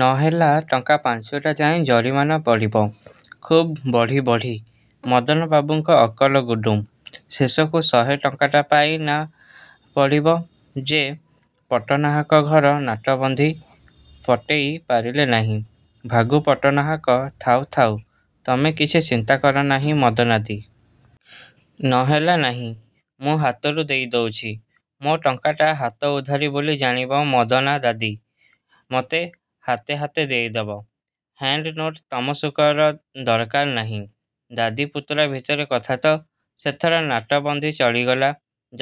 ନ ହେଲା ଟଙ୍କା ପାଞ୍ଚୁଟା ଯାଏଁ ଜରିମାନା ପଡ଼ିବ। –ଖୁବ୍ ବଢ଼ି ବଢ଼ି। '' ମଦନବାବୁଙ୍କ ଅକଲଗୁଡ଼ୁମ୍। ''ଶେଷକୁ ଶହେ ଟଙ୍କାଟା ପାଇ ନା ପଡ଼ିବ ଯେ ପଟ୍ଟନାହାକ ଘର ନାଟବନ୍ଦୀ ପଟେଇ ପାରିଲେ ନାହିଁ। '' ''ଭାଗୁ ପଟ୍ଟନାହାକ ଥାଉ ଥାଉ ତମେ କିଛି ଚିନ୍ତା କର ନାହିଁ ମଦନାଦି। ନ ହେଲା, ନାହିଁ ମୁଁ ହାତରୁ ଦେଇ ଦେଉଚି। ମୋ ଟଙ୍କାଟା ହାତ ଉଦ୍ଧାରି ବୋଲି ଜାଣିବ ମଦନାଦାଦି। ମୋତେ ହାତେ ହାତେ ଦେଇଦେବ। ହେଣ୍ଡନୋଟ ତମସୁକର ଦରକାର ନାହିଁ। ଦାଦି ପୁତୁରା ଭିତରେ କଥା ତ। '' ସେଥର ନାଟବନ୍ଦୀ ଚଳିଗଲା।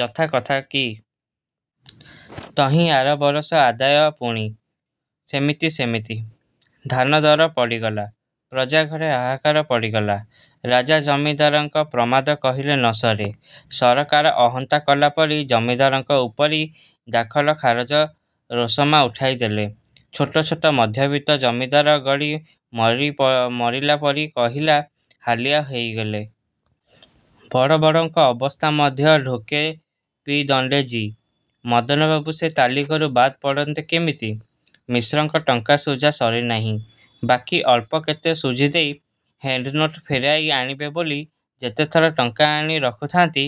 ଯଥା କଥା କି। ତହିଁ ଆର ବରଷ ଆଦାୟ ପୁଣି ସେମିତି ସେମିତି। ଧାନ ଦର ପଡ଼ିଗଲା। ପ୍ରଜାଘରେ ହାହାକାର ପଡ଼ିଗଲା। ରାଜା ଜମିଦାରଙ୍କର ପ୍ରମାଦ କହିଲେ ନସରେ। ସରକାର ଅହନ୍ତା କଲାପରି ଜମିଦାରଙ୍କ ଉପରି ଦାଖଲଖାରଜ ରୋସମା ଉଠାଇ ଦେଲେ। ଛୋଟ ଛୋଟ ମଧ୍ୟବିତ୍ତ ଜମିଦାର ଗଡ଼ି ମରିଲାପରି କହିଲା ହାଲିଆ ହେଇଗଲେ। ବଡ଼ବଡ଼ଙ୍କ ଅବସ୍ଥା ମଧ୍ୟ ଢୋକେ ପି ଦଣ୍ଡେ ଜୀ। ମଦନବାବୁ ସେ ତାଲିକାରୁ ବାଦ୍ ପଡ଼ନ୍ତେ କେମିତି। ମିଶ୍ରଙ୍କ ଟଙ୍କା ଶୁଝା ସରିନାହିଁ। ବାକି ଅଳ୍ପ କେତେ ଶୁଝିଦେଇ ହେଣ୍ଡନୋଟ ଫେରେଇ ଆଣିବେ ବୋଲି ଯେତେଥର ଟଙ୍କା ଆଣି ରଖୁଛନ୍ତି,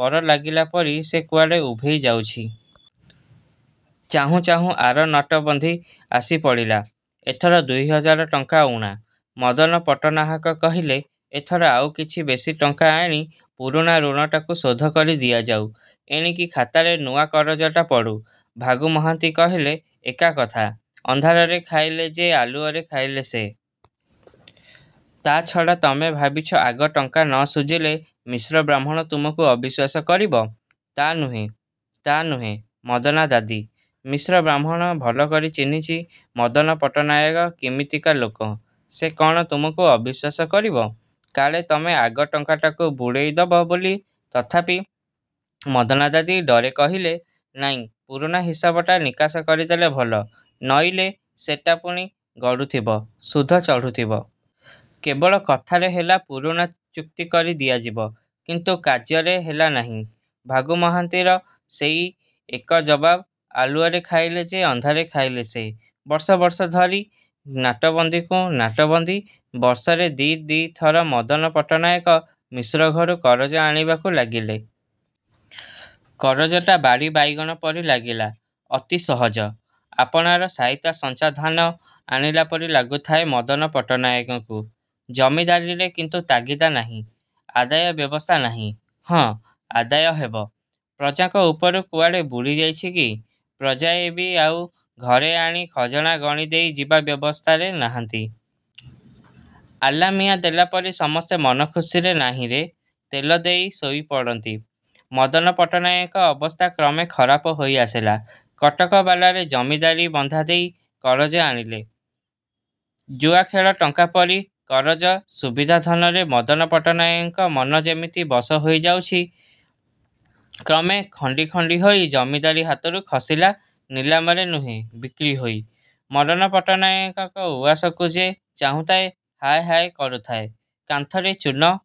ପର ଲାଗିଲା ପରି ସେ କୁଆଡ଼େ ଉଭେଇଯାଉଛି। ଚାହୁଁଚାହୁଁ ଆର ନାଟବନ୍ଦୀ ଆସି ପଡ଼ିଲା। ଏଥର ଦୁଇହଜାର ଟଙ୍କା ଊଣା। ମଦନ ପଟ୍ଟନାହାକ କହିଲେ, ଏଥର ଆଉ କିଛି ବେଶି ଟଙ୍କା ଆଣି ପୁରୁଣା ଋଣଟାକୁ ଶୋଧକରି ଦିଆଯାଉ। ଏଣିକି ଖାତାରେ ନୂଆ କରଜଟା ପଡ଼ୁ। ଭାଗୁ ମହାନ୍ତି କହିଲେ–ଏକା କଥା–ଅନ୍ଧାରରେ ଖାଇଲେ ଯେ ଆଲୁଅରେ ଖାଇଲେ ସେ। ତା' ଛଡ଼ା ତମେ ଭାବିଛ ଆଗ ଟଙ୍କା ନ ଶୁଝିଲେ ମିଶ୍ର ବାହ୍ମୁଣ ତମକୁ ଅବିଶ୍ୱାସ କରିବ। ତା' ନୁହେଁ–ତା' ନୁହେଁ ମଦନାଦାଦି। ମିଶ୍ର ବାହ୍ମୁଣ ଭଲ କରି ଚିହ୍ନିଚି ମଦନ ପଟ୍ଟନାୟକ କିମିତିଆ ଲୋକ। ସେ କ'ଣ ତମକୁ ଅବିଶ୍ୱାସ କରିବ, କାଳେ ତମେ ଆଗ ଟଙ୍କାଟାକୁ ବୁଡ଼େଇଦେବ ବୋଲି, ତଥାପି ମଦାନାଦାଦି ଡରେ କହିଲେ–ନାଇଁ ପୁରୁଣା ହିସାବଟା ନିକାଶ କରିଦେଲେ ଭଲ, ନଇଲେ ସେଟା ପୁଣି ଗଡ଼ୁଥିବ–ସୁଧ ଚଢ଼ୁଥିବ। କେବଳ କଥାରେ ହେଲା ପୁରୁଣା ଚୁକ୍ତି କରି ଦିଆଯିବ। କିନ୍ତୁ କାର୍ଯ୍ୟରେ ହେଲା ନାହିଁ। ଭାଗୁ ମହାନ୍ତିର ସେଇ ଏକ ଜବାବ–ଆଲୁଅରେ ଖାଇଲେ ଯେ, ଅନ୍ଧାରରେ ଖାଇଲେ ସେ। ବର୍ଷ ବର୍ଷ ଧରି ନାଟବନ୍ଦୀକୁ ନାଟବନ୍ଦୀ, ବର୍ଷରେ ଦି' ଦି' ଥର ମଦନ ପଟ୍ଟନାୟକ ମିଶ୍ରଘରୁ କରଜ ଆଣିବାକୁ ଲାଗିଲେ। କରଜଟା ବାଡ଼ି ବାଇଗଣ ପରି ଲାଗିଲା। ଅତି ସହଜ–ଆପଣାର ସାଇତା ସଞ୍ଚାଧାନ ଆଣିଲା ପରି ଲାଗୁଥାଏ ମଦନ ପଟ୍ଟନାଏକଙ୍କୁ। ଜମିଦାରୀରେ କିନ୍ତୁ ତାଗିଦା ନାହିଁ। ଆଦାୟର ବ୍ୟବସ୍ଥା ନାହିଁ। ହଁ, ଆଦାୟ ହେବ। ପ୍ରଜାଙ୍କ ଉପରୁ କୁଆଡ଼େ ବୁଡ଼ିଯାଇଛି କି? ପ୍ରଜାଏବି ଆଉ ଘରେ ଆଣି ଖଜଣା ଗଣିଦେଇ ଯିବା ଅବସ୍ଥାରେ ନାହାନ୍ତି। ଆଲ୍ଲାମିଆଁ ଦେଲାପରି ସମସ୍ତେ ମନ ଖୁସିରେ ନାହିରେ ତେଲଦେଇ ଶୋଇପଡ଼ନ୍ତି। ମଦନ ପଟ୍ଟନାୟକଙ୍କ ଅବସ୍ଥା କ୍ରମେ ଖରାପ ହୋଇଆସିଲା। କଟକବଲାରେ ଜମଦାରୀ ବନ୍ଧାଦେଇ କରଜ ଆଣିଲେ। ଜୁଆଖେଳ ଟଙ୍କାପରି କରଜର ସୁବିଧା ଧନରେ ମଦନ ପଟ୍ଟନାଏକଙ୍କ ମନ ଯେମିତି ବଶ ହୋଇଯାଇଛି। କ୍ରମେ ଖଣ୍ଡି ଖଣ୍ଡି ହୋଇ ଜମିଦାରୀ ହାତରୁ ଖସିଲା–ନିଲାମରେ ନୁହେଁ–ବିକ୍ରିହୋଇ। ମଦନପଟ୍ଟନାୟକଙ୍କ ଉଆସକୁ ଯେ ଚାହୁଁଥାଏ, ହାୟ ହାୟ କରୁଥାଏ। କାନ୍ଥରେ ଚୂନ